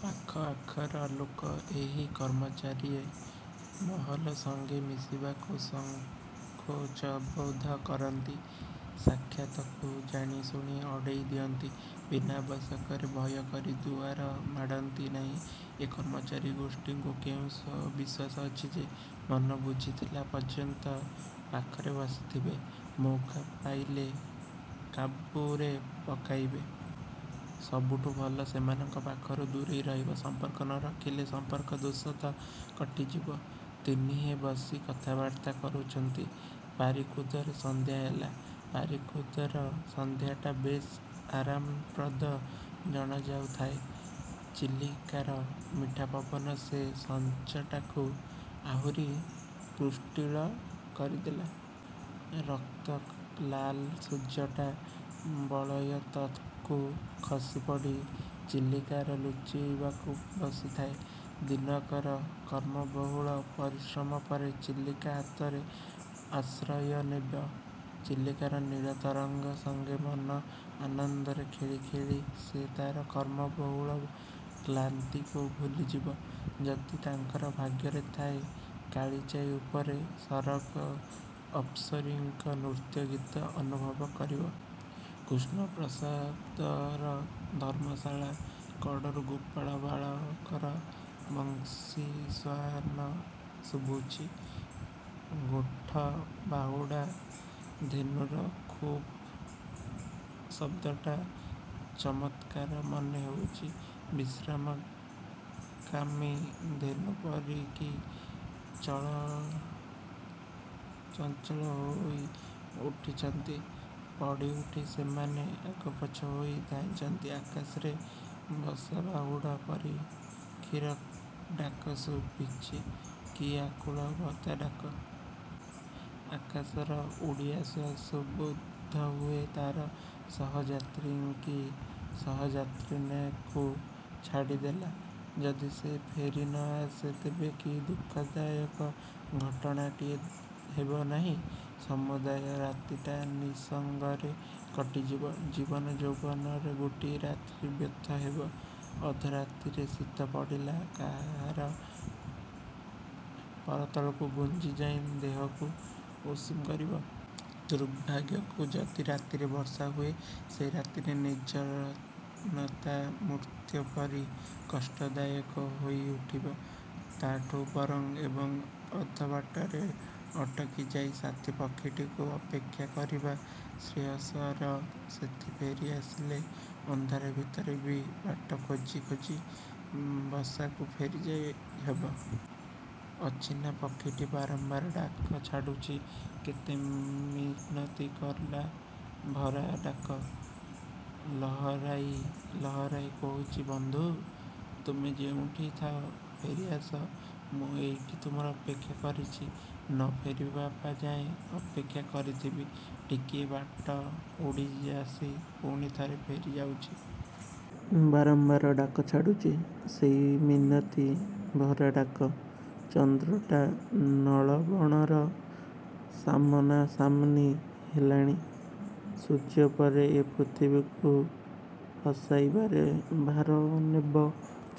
ପାଖଆଖର ଲୋକେ ଏହି କର୍ମଚାରୀ ମହଲ ସଙ୍ଗେ ମିଶିବାକୁ ସଙ୍କୋଚବୋଧ କରନ୍ତି-! ସାକ୍ଷାତକୁ ଜାଣିଶୁଣି ଆଡ଼େଇ ଦିଅନ୍ତି। ବିନା ଆବଶ୍ୟକରେ ଭୟ କରି ଦୁଆର ମାଡ଼ନ୍ତି ନାହିଁ-। ଏ କର୍ମଚାରୀ ଗୋଷ୍ଠୀଙ୍କୁ କେଉଁ ବିଶ୍ୱାସ ଅଛି ଯେ? ମନ ବୁଝିଥିଲା ପର୍ଯ୍ୟନ୍ତ ପାଖରେ ବସିଥିବେ-। ମଉକା ପାଇଲେ କାବୁରେ ପକାଇବେ। ସବୁଠୁ ଭଲ, ସେମାନଙ୍କ ପାଖରୁ ଦୂରେଇ ରହିବା। ସମ୍ପର୍କ ନ ରଖିଲେ ସମ୍ପର୍କ ଦୋଷ ତ କଟିଯିବ। ତିନିହେଁ ବସି କଥାବାର୍ତ୍ତା କରୁଛନ୍ତି, ପାରିକୁଦରେ ସନ୍ଧ୍ୟା ହେଲା। ପାରିକୁଦର ସନ୍ଧ୍ୟାଟା ବେଶ୍ ଆରାମପ୍ରଦ ଜଣାଯାଉ ଥାଏ। ଚିଲିକାର ମିଠା ପବନ ସେ ସଞ୍ଜଟାକୁ ଆହୁରି ପୃଷ୍ଟିଳ କରିଦେଲା। ରକ୍ତଲାଲ ସୂର୍ଯ୍ୟଟା, ବଳୟ ତଳୁ ଖସିପଡ଼ି ଚିଲିକାରେ ଲୁଚିବାକୁ ବସିଥାଏ। ଦିନକର କର୍ମବହୁଳ ପରିଶ୍ରମ ପରେ ଚିଲିକା ଛାତିରେ ଆଶ୍ରୟ ନେବ। ଚିଲିକାର ନୀଳ ତରଙ୍ଗ ସଙ୍ଗେ ମନ ଆନନ୍ଦରେ ଖେଳି ଖେଳି ସେ ତାର କର୍ମ ବହୁଳ କ୍ଲାନ୍ତିକୁ ଭୁଲିଯିବ। ଯଦି ତାଙ୍କର ଭାଗ୍ୟରେ ଥାଏ, କାଳିଯାଈ ଉପରେ ସରଗ ଅପ୍ସରୀଙ୍କ ନୃତ୍ୟଗୀତ ଅନୁଭବ କରିବ। କୃଷ୍ଣପ୍ରସାଦର ଧର୍ମଶାଳା କଡ଼ରୁ ଗୋପାଳ ବାଳକର ବଂଶୀସ୍ୱନ ଶୁଭୁଛି। ଗୋଠ ବାହୁଡ଼ା ଧେନୁର ଖୁର ଶବ୍ଦଟା ଚମତ୍କାର ମନେ ହେଉଛି। ବିଶ୍ରାମକାମୀ ଧେନୁପରି କି ଚଞ୍ଚଳହୋଇ ଉଠିଛନ୍ତି। ପଡ଼ିଉଠି ସେମାନେ ଆଗପଛ ହୋଇ ଧାଇଁଛନ୍ତି। ଆକାଶରେ ବସା–ବାହୁଡ଼ା ପକ୍ଷୀର ଡାକ ଶୁଭୁଛି। କି ଆକୁଳଭରା ଡାକ! ଆକାଶରେ ଉଡ଼ି ଆସୁ ଆସୁ ବୋଧହୁଏ ତାର ସହଯାତ୍ରୀ କି ସହଯାତ୍ରୀଣୀକୁ ଛାଡ଼ିଦେଲା। ଯଦି ସେ ଫେରି ନଆସେ ତେବେ କି ଦୁଃଖଦାୟକ ଘଟଣାଟିଏ ହେବ ନାହିଁ? ସମୁଦାୟ ରାତିଟା ନିଃସଙ୍ଗରେ କଟିଯିବ। ଜୀବନ ଯୌବନର ଗୋଟିଏ ରାତି ବ୍ୟର୍ଥ ହେବ। ଅଧ ରାତିରେ ଶୀତ ପଡ଼ିଲେ, କାହାର ପରତଳକୁ ଘୁଞ୍ଚିଯାଇ ଦେହକୁ ଉଷୁମ କରିବ? ଦୁର୍ଭାଗ୍ୟକୁ ଯଦି ରାତିରେ ବର୍ଷା ହୁଏ? ସେ ରାତିରେ ନିର୍ଜନତା ମୃତ୍ୟୁପରି କଷ୍ଟଦାୟକ ହୋଇଉଠିବ। ତାଠୁ ବରଂ ଏଇ ଅଧବାଟରେ ଅଟକି ଯାଇ ସାଥି ପକ୍ଷୀଟିକୁ ଅପେକ୍ଷା କରିବା ଶ୍ରେୟସ୍କର। ସେଥି ଫେରି ଆସିଲେ, ଅନ୍ଧାର ଭିତରେ ବି ବାଟ ଖୋଜି, ଖୋଜି ବସାକୁ ଫେରି ଯାଇହେବ। ଅଚିହ୍ନା ପକ୍ଷୀଟି ବାରମ୍ୱାର ଡାକ ଛାଡ଼ୁଛି। କେତେ ମିନତି ଭରା ଡାକ! ଲହରାଇ ଲହରାଇ କହୁଛି, ବନ୍ଧୁ! ତୁମେ ଯେଉଁଠି ଥାଅ ଫେରି ଆସ। ମୁଁ ଏଇଠି ତୁମର ଅପେକ୍ଷା କରିଛି। ନ ଫେରିବାଯାଏ ଅପେକ୍ଷା କରଥିବି। ଟିକିଏ ବାଟ ଉଡ଼ିଆସି ପୁଣି ଥରେ ଫେରି ଯାଉଛି। ବାରମ୍ୱାର ଡାକ ଛାଡ଼ୁଛି। ସେଇ ମିନତି ଭରା ଡାକ। ଚନ୍ଦ୍ରଟା ନଳବଣର ସାମନା ସମାନି ହେଲାଣି। ସୂର୍ଯ୍ୟ ପରେ ଏ ପୃଥିବୀକୁ ହସାଇବାର ଭାର ନେବ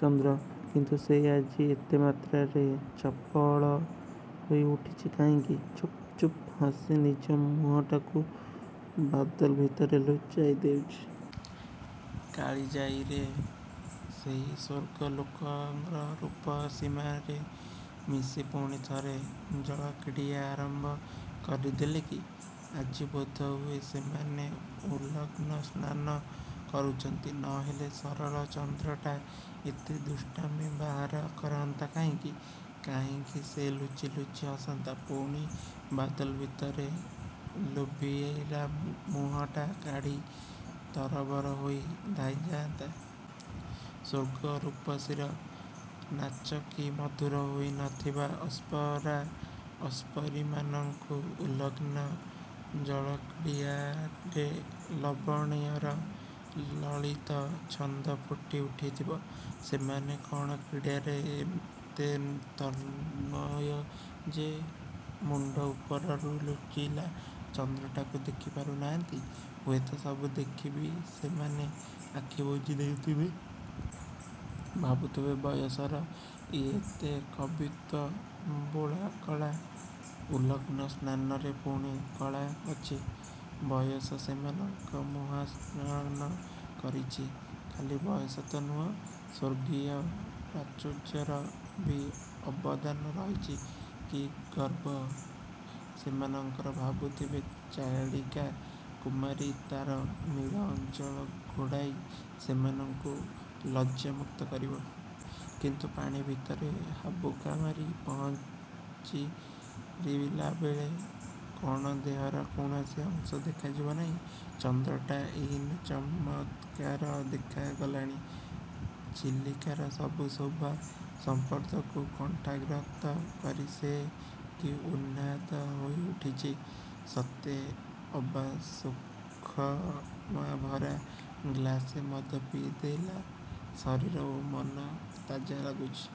ଚନ୍ଦ୍ର। କିନ୍ତୁ ସେ ଆଜି ଏତେ ମାତ୍ରାରେ ଚପଳ ହୋଇ ଉଠିଛି କାହିଁକି? ଚୁପ୍, ଚୁପ୍ ହସି ନିଜ ମୁହଁଟାକୁ ବାଦଲ ଭିତରେ ଲୁଚାଇ ଦେଉଛି। କାଳିଜାଈରେ ସେହି ସ୍ୱର୍ଗଲୋକର ରୂପସୀମାନେ ମିଶି ପୁଣି ଥରେ ଜଳକ୍ରୀଡ଼ା ଆରମ୍ଭ କରିଦେଲେ କି? ଆଜି ବୋଧହୁଏ ସେମାନେ ଉଲଗ୍ନ ସ୍ନାନ କରୁଛନ୍ତି। ନ ହେଲେ ସରଳ ଚନ୍ଦ୍ରଟା ଏତେ ଦୁଷ୍ଟାମୀ ବାହାର କରନ୍ତା କାହିଁକି? କାହିଁକି ସେ ଲୁଚି ଲୁଚି ହସନ୍ତା? ପୁଣି ବାଦଲ ଭିତରୁ ଲୋଭିଲା ମୁହଁଟା କାଢ଼ି ତରବର ହୋଇ ଧାଇଁ ଯାଆନ୍ତା! ସ୍ୱର୍ଗ ରୂପସୀର ନାଚ କି ମଧୁର ହୋଇ ନ ଥିବ! ଅପ୍ସରା ଅପ୍ସରୀମାନଙ୍କ ଉଲଗ୍ନ ଜଳକ୍ରୀଡ଼ାରେ ଲାବଣ୍ୟର ଲଳିତ ଛନ୍ଦ ଫୁଟି ଉଠିଥିବ। ସେମାନେ କଣ କ୍ରୀଡ଼ାରେ ଏତେ ତନ୍ମୟ ଯେ ମୁଣ୍ଡ ଉପରର ଲୁଚିଲା ଚନ୍ଦ୍ରଟାକୁ ଦେଖିପାରୁ ନାହାନ୍ତି? ହୁଏତ ସବୁ ଦେଖି ବି ସେମାନେ ଆଖିବୁଜି ଦେଇଥିବେ। ଭାବୁଥିବେ ବୟସର ଇଏ ଏକ କବିତ୍ୱ–ବୋଳା କଳା। ଉଲଗ୍ନ ସ୍ନାନରେ ପୁଣି କଳା ଅଛି? ବୟସ ସେମାନଙ୍କୁ ମୋହାଚ୍ଛନ୍ନ କରିଛି। ଖାଲି ବୟସ ତ ନୁହେ, ସ୍ୱର୍ଗୀୟ-ପ୍ରାଚୁର୍ଯ୍ୟର ବି ଅବଦାନ ରହିଛି। କି ଗର୍ବ ସେମାନଙ୍କର! ଭାବୁଥିବେ, ଚିଲିକା–କୁମାରୀ ତାର ନୀଳ–ଅଞ୍ଚଳ ଘୋଡ଼ାଇ ସେମାନଙ୍କୁ ଲଜ୍ଜାମୁକ୍ତ କରିବ। କିନ୍ତୁ ପାଣି ଭିତରେ ହାବୁକା ମାରି ପହଁରିଲାବେଳେ କଣ ଦେହର କୌଣସି ଅଂଶ ଦେଖାଯିବ ନାହିଁ। ଚନ୍ଦ୍ରଟା ଏଇନେ ଚମତ୍କାର ଦେଖା ଗଲଣି। ଚିଲିକାର ସବୁ ଶୋଭା ସମ୍ପଦକୁ କଣ୍ଠାଗ୍ରତ କରି ସେ କି ଉନ୍ମାଦ ହୋଇ ଉଠିଛି! ସତେ ଅବା ସୁଷମା-ଭରା ଗ୍ଲାସେ ମଦ ପିଇଦେଲା। ଶରୀର ଓ ମନ ତାଜା ଲାଗୁଛି।